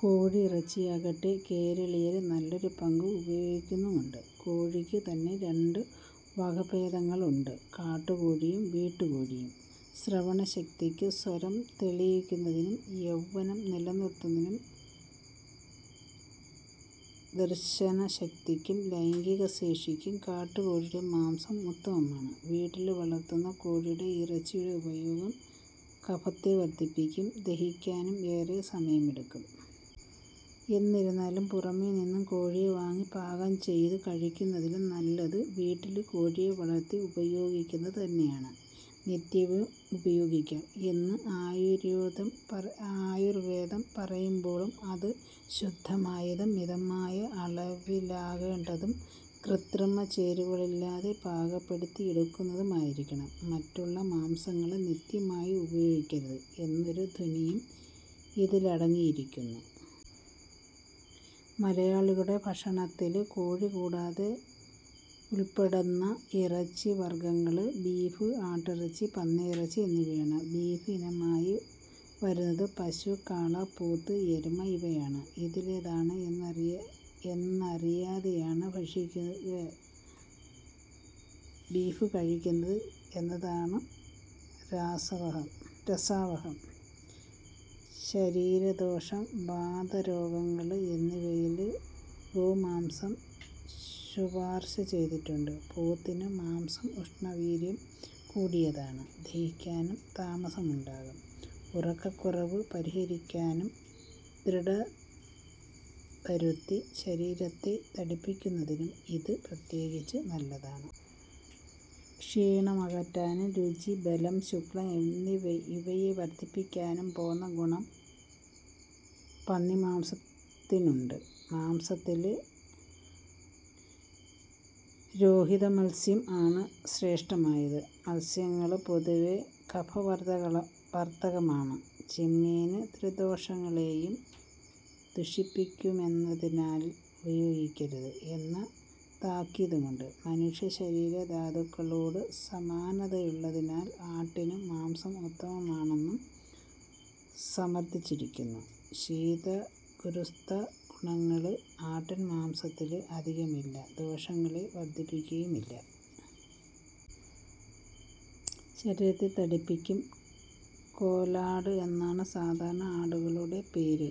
കോഴി ഇറച്ചിയാകട്ടെ കേരളീയര് നല്ലൊരു പങ്കും ഉപയോഗിക്കുന്നുമുണ്ട്. കോഴിക്കു തന്നെ രണ്ടു വകഭേദങ്ങളുണ്ട്. കാട്ടുകോഴിയും വീട്ടുകോഴിയും. ശ്രവണശക്തിക്കും സ്വരം തെളിയിക്കുന്നതിനും യൗവ്വനം നിലനില്ക്കുന്നതിനും ദര്ശന ശക്തിക്കും ലൈംഗിക ശേഷിക്കും കാട്ടുകോഴിയുടെ മാംസം ഉത്തമമാണ്. വീട്ടില് വളര്ത്തുന്ന കോഴിയുടെ ഇറച്ചിയുടെ ഉപയോഗം കഫത്തെ വര്ധിപ്പിക്കും. ദഹിക്കാന് ഏറെ സമയമെടുക്കും. എന്നിരുന്നാലും പുറമേ നിന്നും കോഴിയെ വാങ്ങി പാകം ചെയ്തു കഴിക്കുന്നതിലും നല്ലത് വീട്ടില് കോഴിയെ വളര്ത്തി ഉപയോഗിക്കുന്നതു തന്നെയാണ്. നിത്യവും ഉപയോഗിക്കാം എന്ന് ആയുര്വേദം പറയുമ്പോള്, അതു ശുദ്ധമായതും മിതമായ അളവിലാകേണ്ടതും കൃത്രിമ ചേരുവകളില്ലാതെ പാകപ്പെടുത്തി എടുക്കുന്നതുമായിരിക്കണം. മറ്റുള്ള മാംസങ്ങള് നിത്യമായി ഉപയോഗിക്കരുത് എന്നൊരു ധ്വനിയും ഇതിലടങ്ങിയിരിക്കുന്നു. മലയാളികളുടെ ഭക്ഷണത്തില് കോഴി കൂടാതെ ഉള്പ്പെടുന്ന ഇറച്ചി വര്ഗങ്ങള് ബീഫ്, ആട്ടിറച്ചി, പന്നിയിറച്ചി എന്നിവയാണ്. ബീഫ് ഇനമായി വരുന്നത് പശു, കാള, പോത്ത്, എരുമ ഇവയാണ്. ഇതിലേതാണ് എന്നറിയാതെയാണ്, ഭക്ഷിക്കുന്നയാള് 'ബീഫ്' കഴിക്കുന്നത് എന്നതാണു രസാവഹം. ശരീരശോഷം, വാതരോഗങ്ങള് എന്നിവയില് ഗോമാംസം ശുപാര്ശ ചെയ്തിട്ടുണ്ട്. പോത്തിന് മാംസം ഉഷ്ണവീര്യം കൂടിയതാണ്. ദഹിക്കാനും താമസമുണ്ടാകും. ഉറക്കക്കുറവ് പരിഹരിക്കാനും ദൃഢതവരുത്തി ശരീരത്തെ തടിപ്പിക്കുന്നതിനും ഇതു പ്രത്യേകിച്ചും നല്ലതാണ്. ക്ഷീണമകറ്റാനും രുചി, ബലം, ശുക്ലം ഇവയെ വര്ധിപ്പിക്കാനും പോന്ന ഗുണം പന്നിമാംസത്തിനുണ്ട്. മാംസങ്ങളില് രോഹിതമത്സ്യം ആണ് ശ്രേഷ്ഠമായത്. മത്സ്യങ്ങള് പൊതുവേ കഫവര്ധകമാണ്. ചെമ്മീന് ത്രിദോഷങ്ങളെയും ദുഷിപ്പിക്കുമെന്നതിനാല് ഉപയോഗിക്കരുത് എന്ന താക്കീതുമുണ്ട്. മനുഷ്യശരീര ധാതുക്കളോടു സമാനതയുള്ളതിനാല് ആട്ടിന് മാംസം ഉത്തമമാണെന്നു സമര്ഥിച്ചിരിക്കുന്നു. ശീതഗുരുസ്നിഗ്ധ ഗുണങ്ങള് ആട്ടിന്മാംസത്തില് അധികമില്ല. ദോഷങ്ങളെ വര്ധിപ്പിക്കുകയില്ല. ശരീരത്തെ തടിപ്പിക്കും. കോലാട് എന്നാണ് സാധാരണ ആടുകളുടെ പേര്.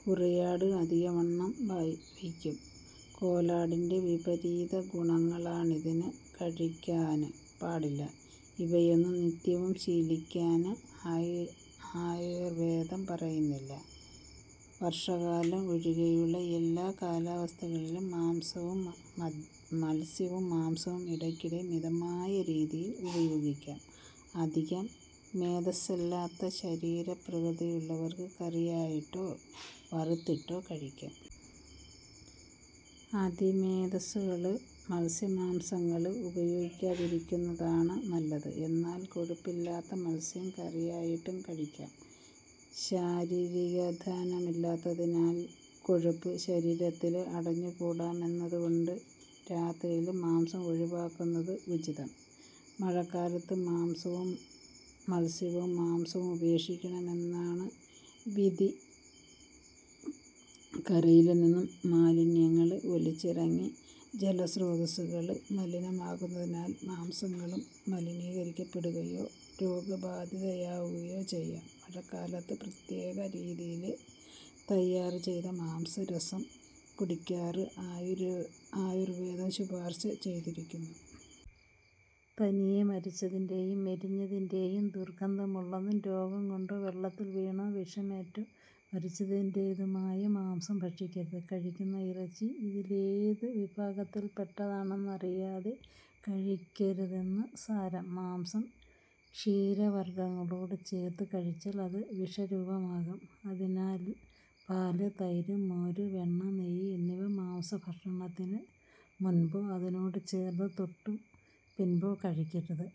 കുറിയാട് അധികം വണ്ണം വയ്പിക്കും. കോലാടിന്റെ വിപരീത ഗുണങ്ങളാണിതിന്. കഴിക്കാന് പാടില്ല. ഇവയൊന്നും നിത്യവും ശീലിക്കാന് ആയുര്വേദം പറയുന്നില്ല. വര്ഷകാലം ഒഴികെയുള്ള എല്ലാ കാലാവസ്ഥകളിലും മത്സ്യവും മാംസവും ഇടയ്ക്കിടെ, മിതമായ രീതിയില് ഉപയോഗിക്കാം. അധികം മേദസ്സില്ലാത്ത ശരീര പ്രകൃതിയുള്ളവര്ക്ക് കറിയായിട്ടോ വറുത്തിട്ടോ കഴിക്കാം. അതിമേദസ്സുകള് മത്സ്യമാംസങ്ങള് ഉപയോഗിക്കാതിരിക്കുന്നതാണ് നല്ലത്. എന്നാല് കൊഴുപ്പില്ലാത്ത മത്സ്യം കറിയായിട്ടു കഴിക്കാം. ശാരീരികാദ്ധ്വാനമില്ലാത്തതിനാല്, കൊഴുപ്പ് ശരീരത്തില് അടഞ്ഞുകൂടാമെന്നതുകൊണ്ട് രാത്രിയില് മാംസം ഒഴിവാക്കുന്നതാണ് ഉചിതം. മഴക്കാലത്ത് മത്സ്യവുംമാംസവും ഉപേക്ഷിക്കണമെന്നാണു വിധി. കരയില് നിന്നും മാലിന്യങ്ങള് ഒലിച്ചിറങ്ങി ജലസ്രോതസ്സുകള് മലിനമാകുന്നതിനാല് മത്സ്യങ്ങളും മലിനീകരിക്കപ്പെടുകയോ രോഗബാധിതമാകുകയോ ചെയ്യാം. മഴക്കാലത്ത് പ്രത്യേക രീതിയില് തയ്യാര് ചെയ്ത മാംസരസം കുടിക്കാന് ആയുര്വേദം ശുപാര്ശ ചെയ്തിരിക്കുന്നു. തനിയെ മരിച്ചതിന്റെയും മെലിഞ്ഞതിന്റെയും ദുര്ഗന്ധമുള്ളതും രോഗം കൊണ്ടോ വെള്ളത്തില് വീണോ വിഷമേറ്റോ മരിച്ചതിന്റേതുമായ മാംസം ഭക്ഷിക്കരുത്'. കഴിക്കുന്ന ഇറച്ചി ഇതിലേതു വിഭാഗത്തില്പ്പെട്ടതാണെന്നറിയാതെ കഴിക്കരുതെന്ന് സാരം. മാംസം ക്ഷീരവര്ഗങ്ങളോടു ചേര്ത്തു കഴിച്ചാല് അത് വിഷരൂപമാകും. ആയതിനാല് പാല്, തൈര്, മോര്, വെണ്ണ, നെയ്യ് എന്നിവ മാംസഭക്ഷണത്തിനു മുന്പോ അതിനോടു ചേര്ത്തോ തൊട്ടു പിന്പോ കഴിക്കരുത്.